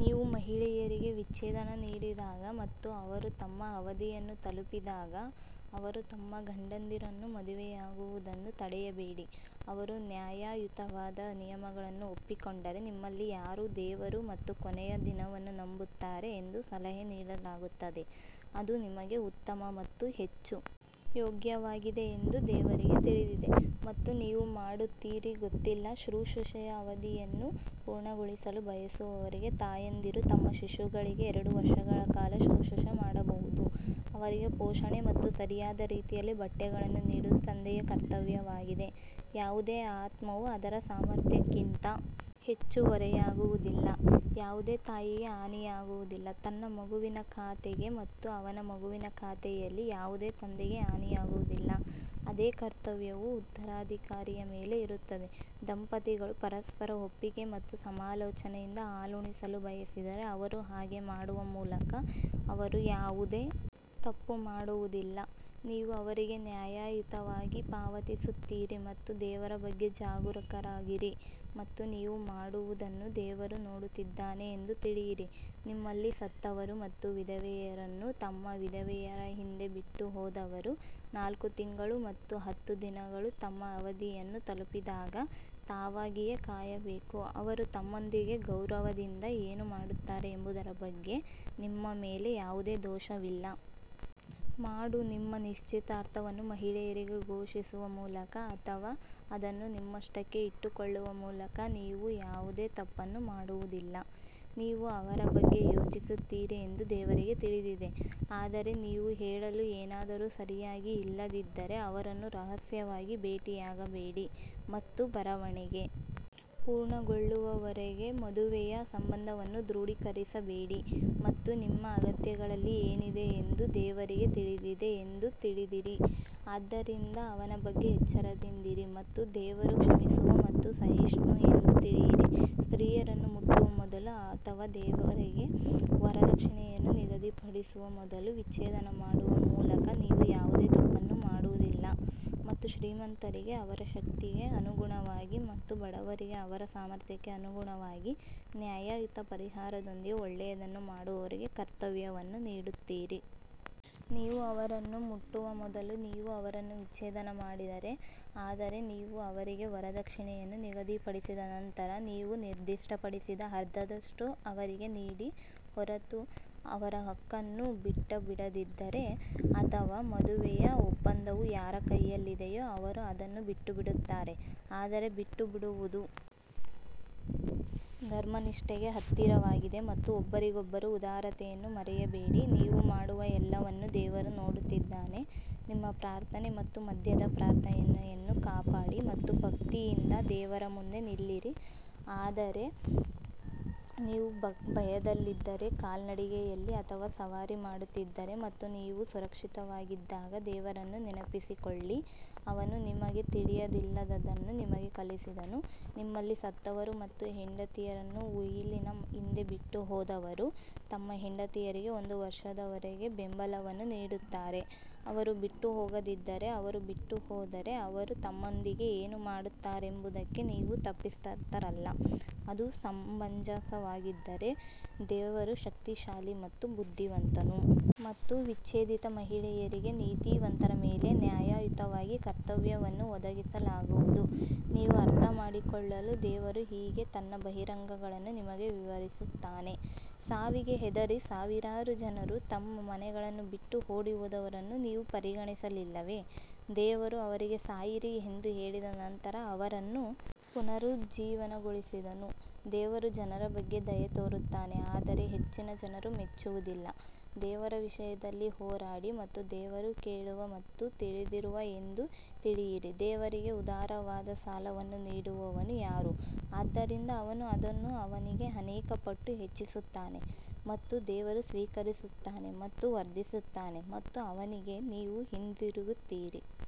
ನೀವು ಮಹಿಳೆಯರಿಗೆ ವಿಚ್ಛೇದನ ನೀಡಿದಾಗ ಮತ್ತು ಅವರು ತಮ್ಮ ಅವಧಿಯನ್ನು ತಲುಪಿದಾಗ ಅವರು ತಮ್ಮ ಗಂಡಂದಿರನ್ನು ಮದುವೆಯಾಗುವುದನ್ನು ತಡೆಯಬೇಡಿ ಅವರು ನ್ಯಾಯಯುತವಾದ ನಿಯಮಗಳನ್ನು ಒಪ್ಪಿಕೊಂಡರೆ, ನಿಮ್ಮಲ್ಲಿ ಯಾರು ದೇವರು ಮತ್ತು ಕೊನೆಯ ದಿನವನ್ನು ನಂಬುತ್ತಾರೆ ಎಂದು ಸಲಹೆ ನೀಡಲಾಗುತ್ತದೆ ಅದು ನಿಮಗೆ ಉತ್ತಮ ಮತ್ತು ಹೆಚ್ಚು ಯೋಗ್ಯವಾಗಿದೆ ಎಂದು ದೇವರಿಗೆ ತಿಳಿದಿದೆ ಮತ್ತು ನೀವು ಮಾಡುತ್ತೀರಿ ಗೊತ್ತಿಲ್ಲ ಶುಶ್ರೂಷೆಯ ಅವಧಿಯನ್ನು ಪೂರ್ಣಗೊಳಿಸಲು ಬಯಸುವವರಿಗೆ ತಾಯಂದಿರು ತಮ್ಮ ಶಿಶುಗಳಿಗೆ ಎರಡು ವರ್ಷಗಳ ಕಾಲ ಶುಶ್ರೂಷೆ ಮಾಡಬಹುದು ಅವರಿಗೆ ಪೋಷಣೆ ಮತ್ತು ಸರಿಯಾದ ರೀತಿಯಲ್ಲಿ ಬಟ್ಟೆಗಳನ್ನು ನೀಡುವುದು ತಂದೆಯ ಕರ್ತವ್ಯವಾಗಿದೆ ಯಾವುದೇ ಆತ್ಮವು ಅದರ ಸಾಮರ್ಥ್ಯಕ್ಕಿಂತ ಹೆಚ್ಚು ಹೊರೆಯಾಗುವುದಿಲ್ಲ ಯಾವುದೇ ತಾಯಿಗೆ ಹಾನಿಯಾಗುವುದಿಲ್ಲ ತನ್ನ ಮಗುವಿನ ಖಾತೆಗೆ ಮತ್ತು ಅವನ ಮಗುವಿನ ಖಾತೆಯಲ್ಲಿ ಯಾವುದೇ ತಂದೆಗೆ ಹಾನಿಯಾಗುವುದಿಲ್ಲ, ಅದೇ ಕರ್ತವ್ಯವು ಉತ್ತರಾಧಿಕಾರಿಯ ಮೇಲೆ ಇರುತ್ತದೆ, ದಂಪತಿಗಳು ಪರಸ್ಪರ ಒಪ್ಪಿಗೆ ಮತ್ತು ಸಮಾಲೋಚನೆಯಿಂದ ಹಾಲುಣಿಸಲು ಬಯಸಿದರೆ ಅವರು ಹಾಗೆ ಮಾಡುವ ಮೂಲಕ ಅವರು ಯಾವುದೇ ತಪ್ಪು ಮಾಡುವುದಿಲ್ಲ ನೀವು ಅವರಿಗೆ ನ್ಯಾಯಯುತವಾಗಿ ಪಾವತಿಸುತ್ತೀರಿ ಮತ್ತು ದೇವರ ಬಗ್ಗೆ ಜಾಗರೂಕರಾಗಿರಿ ಮತ್ತು ನೀವು ಮಾಡುವದನ್ನು ದೇವರು ನೋಡುತ್ತಿದ್ದಾನೆ ಎಂದು ತಿಳಿಯಿರಿ ನಿಮ್ಮಲ್ಲಿ ಸತ್ತವರು ಮತ್ತು ವಿಧವೆಯರನ್ನು ತಮ್ಮ ವಿಧವೆಯರ ಹಿಂದೆ ಬಿಟ್ಟುಹೋದವರು ನಾಲ್ಕು ತಿಂಗಳು ಮತ್ತು ಹತ್ತು ದಿನಗಳು ತಮ್ಮ ಅವಧಿಯನ್ನು ತಲುಪಿದಾಗ ತಾವಾಗಿಯೇ ಕಾಯಬೇಕು, ಅವರು ತಮ್ಮೊಂದಿಗೆ ಗೌರವದಿಂದ ಏನು ಮಾಡುತ್ತಾರೆ ಎಂಬುದರ ಬಗ್ಗೆ ನಿಮ್ಮ ಮೇಲೆ ಯಾವುದೇ ದೋಷವಿಲ್ಲ. ಮಾಡು ನಿಮ್ಮ ನಿಶ್ಚಿತಾರ್ಥವನ್ನು ಮಹಿಳೆಯರಿಗೆ ಘೋಷಿಸುವ ಮೂಲಕ ಅಥವಾ ಅದನ್ನು ನಿಮ್ಮಷ್ಟಕ್ಕೇ ಇಟ್ಟುಕೊಳ್ಳುವ ಮೂಲಕ ನೀವು ಯಾವುದೇ ತಪ್ಪನ್ನು ಮಾಡುವುದಿಲ್ಲ, ನೀವು ಅವರ ಬಗ್ಗೆ ಯೋಚಿಸುತ್ತೀರಿ ಎಂದು ದೇವರಿಗೆ ತಿಳಿದಿದೆ ಆದರೆ ನೀವು ಹೇಳಲು ಏನಾದರೂ ಸರಿಯಾಗಿ ಇಲ್ಲದಿದ್ದರೆ ಅವರನ್ನು ರಹಸ್ಯವಾಗಿ ಭೇಟಿಯಾಗಬೇಡಿ ಮತ್ತು ಬರವಣಿಗೆ ಪೂರ್ಣಗೊಳ್ಳುವವರೆಗೆ ಮದುವೆಯ ಸಂಬಂಧವನ್ನು ದೃಢೀಕರಿಸಬೇಡಿ ಮತ್ತು ನಿಮ್ಮ ಆತ್ಮಗಳಲ್ಲಿ ಏನಿದೆ ಎಂದು ದೇವರಿಗೆ ತಿಳಿದಿದೆ ಎಂದು ತಿಳಿಯಿರಿ ಆದ್ದರಿಂದ ಅವನ ಬಗ್ಗೆ ಎಚ್ಚರದಿಂದಿರಿ ಮತ್ತು ದೇವರು ಕ್ಷಮಿಸುವ ಮತ್ತು ಸಹಿಷ್ಣು ಎಂದು ತಿಳಿಯಿರಿ ಸ್ತ್ರೀಯರನ್ನು ಮುಟ್ಟುವ ಮೊದಲು ಅಥವಾ ಅವರಿಗೆ ವರದಕ್ಷಿಣೆಯನ್ನು ನಿಗದಿಪಡಿಸುವ ಮೊದಲು ವಿಚ್ಛೇದನ ಮಾಡುವ ಮೂಲಕ ನೀವು ಯಾವುದೇ ತಪ್ಪನ್ನು ಮಾಡುವುದಿಲ್ಲ ಮತ್ತು ಶ್ರೀಮಂತರಿಗೆ ಅವರ ಶಕ್ತಿಗೆ ಅನುಗುಣವಾಗಿ ಮತ್ತು ಬಡವರಿಗೆ ಅವರ ಸಾಮರ್ಥ್ಯಕ್ಕೆ ಅನುಗುಣವಾಗಿ ನ್ಯಾಯಯುತ ಪರಿಹಾರದೊಂದಿಗೆ ಒಳ್ಳೆಯದನ್ನು ಮಾಡುವವರಿಗೆ ಕರ್ತವ್ಯವನ್ನು ನೀಡುತ್ತೀರಿ. ನೀವು ಅವರನ್ನು ಮುಟ್ಟುವ ಮೊದಲು ನೀವು ಅವರನ್ನು ವಿಚ್ಛೇದನ ಮಾಡಿದರೆ ಆದರೆ ನೀವು ಅವರಿಗೆ ವರದಕ್ಷಿಣೆಯನ್ನು ನಿಗದಿಪಡಿಸಿದ ನಂತರ ನೀವು ನಿರ್ದಿಷ್ಟಪಡಿಸಿದ ಅರ್ಧದಷ್ಟು ಅವರಿಗೆ ನೀಡಿ ಹೊರತು ಅವರು ಹಕ್ಕನ್ನು ಬಿಟ್ಟುಬಿಡದಿದ್ದರೆ ಅಥವಾ ಮದುವೆಯ ಒಪ್ಪಂದವು ಯಾರ ಕೈಯಲ್ಲಿದೆಯೋ ಅವರು ಅದನ್ನು ಬಿಟ್ಟುಬಿಡುತ್ತಾರೆ ಆದರೆ ಬಿಟ್ಟುಬಿಡುವುದು ಧರ್ಮನಿಷ್ಠೆಗೆ ಹತ್ತಿರವಾಗಿದೆ ಮತ್ತು ಒಬ್ಬರಿಗೊಬ್ಬರು ಉದಾರತೆಯನ್ನು ಮರೆಯಬೇಡಿ ನೀವು ಮಾಡುವ ಎಲ್ಲವನ್ನೂ ದೇವರು ನೋಡುತ್ತಿದ್ದಾನೆ ನಿಮ್ಮ ಪ್ರಾರ್ಥನೆ ಮತ್ತು ಮಧ್ಯದ ಪ್ರಾರ್ಥನೆಯನ್ನು ಕಾಪಾಡಿ ಮತ್ತು ಭಕ್ತಿಯಿಂದ ದೇವರ ಮುಂದೆ ನಿಲ್ಲಿರಿ ಆದರೆ ನೀವು ಭಯದಲ್ಲಿದ್ದರೆ ಕಾಲ್ನಡಿಗೆಯಲ್ಲಿ ಅಥವಾ ಸವಾರಿ ಮಾಡುತ್ತಿದ್ದರೆ ಮತ್ತು ನೀವು ಸುರಕ್ಷಿತವಾಗಿದ್ದಾಗ ದೇವರನ್ನು ನೆನಪಿಸಿಕೊಳ್ಳಿ, ಅವನು ನಿಮಗೆ ತಿಳಿದಿಲ್ಲದದನ್ನು ನಿಮಗೆ ಕಲಿಸಿದನು ನಿಮ್ಮಲ್ಲಿ ಸತ್ತವರು ಮತ್ತು ಹೆಂಡತಿಯರನ್ನು ಉಯಿಲಿನ ಹಿಂದೆ ಬಿಟ್ಟುಹೋದವರು ತಮ್ಮ ಹೆಂಡತಿಯರಿಗೆ ಒಂದು ವರ್ಷದವರೆಗೆ ಬೆಂಬಲವನ್ನು ನೀಡುತ್ತಾರೆ ಅವರು ಬಿಟ್ಟು ಹೋಗದಿದ್ದರೆ ಅವರು ಬಿಟ್ಟುಹೋದರೆ ಅವರು ತಮ್ಮೊಂದಿಗೆ ಏನು ಮಾಡುತ್ತಾರೆಂಬುದಕ್ಕೆ ನೀವು ತಪ್ಪಿತಸ್ಥರಲ್ಲ, ಅದು ಸಮಂಜಸವಾಗಿದ್ದರೆ ದೇವರು ಶಕ್ತಿಶಾಲಿ ಮತ್ತು ಬುದ್ಧಿವಂತನು. ಮತ್ತು ವಿಚ್ಛೇದಿತ ಮಹಿಳೆಯರಿಗೆ ನೀತಿವಂತರ ಮೇಲೆ ನ್ಯಾಯಯುತವಾಗಿ ಕರ್ತವ್ಯವನ್ನು ಒದಗಿಸಲಾಗುವುದು ನೀವು ಅರ್ಥಮಾಡಿಕೊಳ್ಳಲು ದೇವರು ಹೀಗೆ ತನ್ನ ಬಹಿರಂಗಗಳನ್ನು ನಿಮಗೆ ವಿವರಿಸುತ್ತಾನೆ ಸಾವಿಗೆ ಹೆದರಿ ಸಾವಿರಾರು ಜನರು ತಮ್ಮ ಮನೆಗಳನ್ನು ಬಿಟ್ಟು ಓಡಿಹೋದವರನ್ನು ನೀವು ಪರಿಗಣಿಸಲಿಲ್ಲವೇ, ದೇವರು ಅವರಿಗೆ ಸಾಯಿರಿ ಎಂದು ಹೇಳಿದ ನಂತರ ಅವರನ್ನು ಪುನರುಜ್ಜೀವನಗೊಳಿಸಿದನು ದೇವರು ಜನರ ಬಗ್ಗೆ ದಯೆ ತೋರುತ್ತಾನೆ ಆದರೆ ಹೆಚ್ಚಿನ ಜನರು ಮೆಚ್ಚುವುದಿಲ್ಲ ದೇವರ ವಿಷಯದಲ್ಲಿ ಹೋರಾಡಿ ಮತ್ತು ದೇವರು ಕೇಳುವ ಮತ್ತು ತಿಳಿದಿರುವ ಎಂದು ತಿಳಿಯಿರಿ ದೇವರಿಗೆ ಉದಾರವಾದ ಸಾಲವನ್ನು ನೀಡುವವನು ಯಾರು, ಆದ್ದರಿಂದ ಅವನು ಅದನ್ನು ಅವನಿಗೆ ಅನೇಕ ಪಟ್ಟು ಹೆಚ್ಚಿಸುತ್ತಾನೆ ಮತ್ತು ದೇವರು ಸ್ವೀಕರಿಸುತ್ತಾನೆ ಮತ್ತು ವರ್ಧಿಸುತ್ತಾನೆ ಮತ್ತು ಅವನಿಗೆ ನೀವು ಹಿಂತಿರುಗುತ್ತೀರಿ.